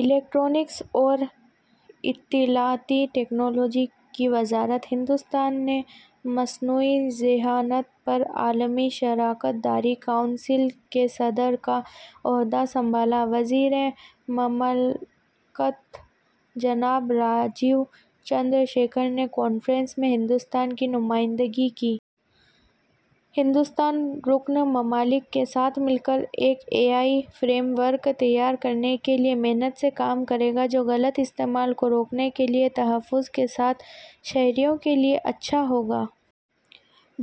Electronics اور اطلاعاتی technology کی وزارت ہندوستان نے مصنوعی ذہانت پر عالمی شراکت داری کونسل کے صدر کا عہدہ سنبھالا۔ وزیر مملکت جناب راجیو چندر شیکھر نے کانفرنس میں ہندوستان کی نمائندگی کی۔ ’’ہندوستان رکن ممالک کے ساتھ مل کر ایک اے آئی فریم ورک تیار کرنے کے لیے محنت سے کام کرے گا جو غلط استعمال کو روکنے کے لیے تحفظ کے ساتھ شہریوں کے لیے اچھا ہوگا۔‘‘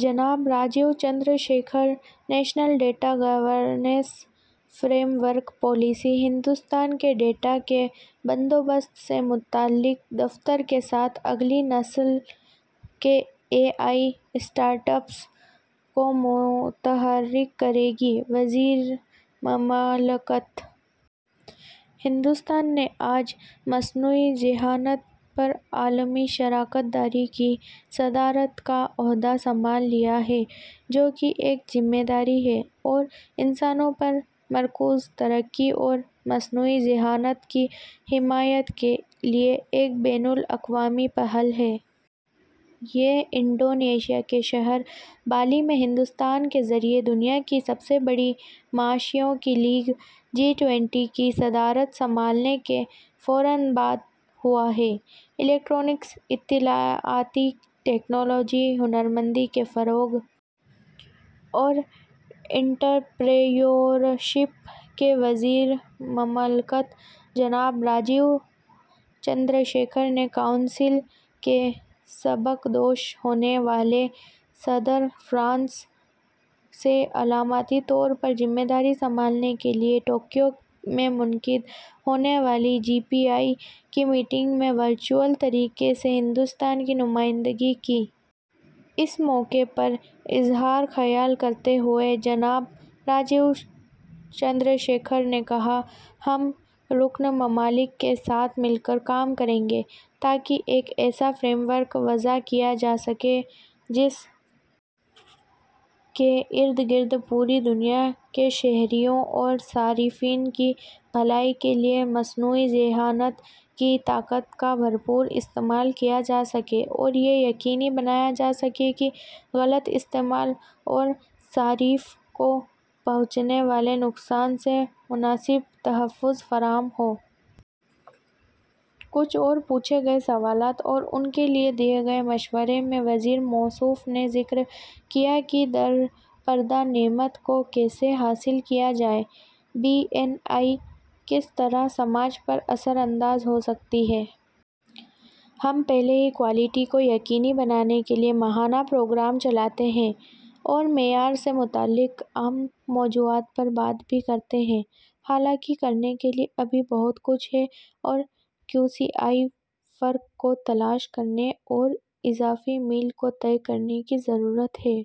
جناب Rajeev Chandra Shekhar. National data governance framework policy Hindustan کے ڈیٹا کے بندوبست سے متعلق دفتر کے ساتھ اگلی نسل کے اے آئی اسٹارٹ اپس کو متحرک کرے گی: وزیر مملکت۔ ہندوستان نے آج مصنوعی ذہانت پر عالمی شراکت داری کی صدارت کا عہدہ سنبھال لیا ہے، جو کہ ایک ذمہ دار اور انسانوں پر مرکوز ترقی اور مصنوعی ذہانت کی حمایت کے لیے ایک بین الاقوامی پہل ہے۔ یہ انڈونیشیا کے شہر بالی میں ہندوستان کے ذریعے دنیا کی سب سے بڑی معیشتوں کی لیگ، جی ٹوئنٹی کی صدارت سنبھالنے کے فوراً بعد ہوا ہے۔ الیکٹرانکس، اطلاعاتی ٹیکنالوجی، ہنرمندی کے فروغ اور انٹرپرینیورشپ کے وزیر مملکت جناب راجیو چندر شیکھر نے کونسل کے سبکدوش ہونے والے صدر فرانس سے علامتی طور پر ذمہ داری سنبھالنے کے لیے ٹوکیو میں منعقد ہونے والی جی پی اے آئی کی میٹنگ میں ورچوئل طریقے سے ہندوستان کی نمائندگی کی۔ اس موقع پر اظہار خیال کرتے ہوئے، جناب راجیو چندر شیکھر نے کہا، ’’ہم رکن ممالک کے ساتھ مل کر کام کریں گے تاکہ ایک ایسا فریم ورک وضع کیا جا سکے جس کے اردگرد پوری دنیا کے شہریوں اور صارفین کی بھلائی کے لیے مصنوعی ذہانت کی طاقت کا بھرپور استعمال کیا جا سکے اور یہ یقینی بنایا جا سکے کہ غلط استعمال اور صارف کو پہنچنے والے نقصان سے مناسب تحفظ فراہم ہو۔‘‘ کچھ اور پوچھے گئے سوالات اور ان کے لیے دیے گئے مشوروں میں وزیر موصوف نے ذکر کیا کہ ’’درپردہ نعمت‘‘ کو کیسے حاصل کیا جائے، بی این آئی کس طرح سماج پر اثر انداز ہو سکتی ہے۔ ہم پہلے ہی کوالٹی کو یقینی بنانے کے لیے ماہانہ پروگرام چلاتے ہیں اور معیار سے متعلق عام موضوعات پر بات بھی کرتے ہیں۔ تاہم، کرنے کے لیے ابھی بہت کچھ ہے اور کیو سی آئی فرق کو تلاش کرنے اور اس اضافی میل کو طے کرنے کی ضرورت ہے۔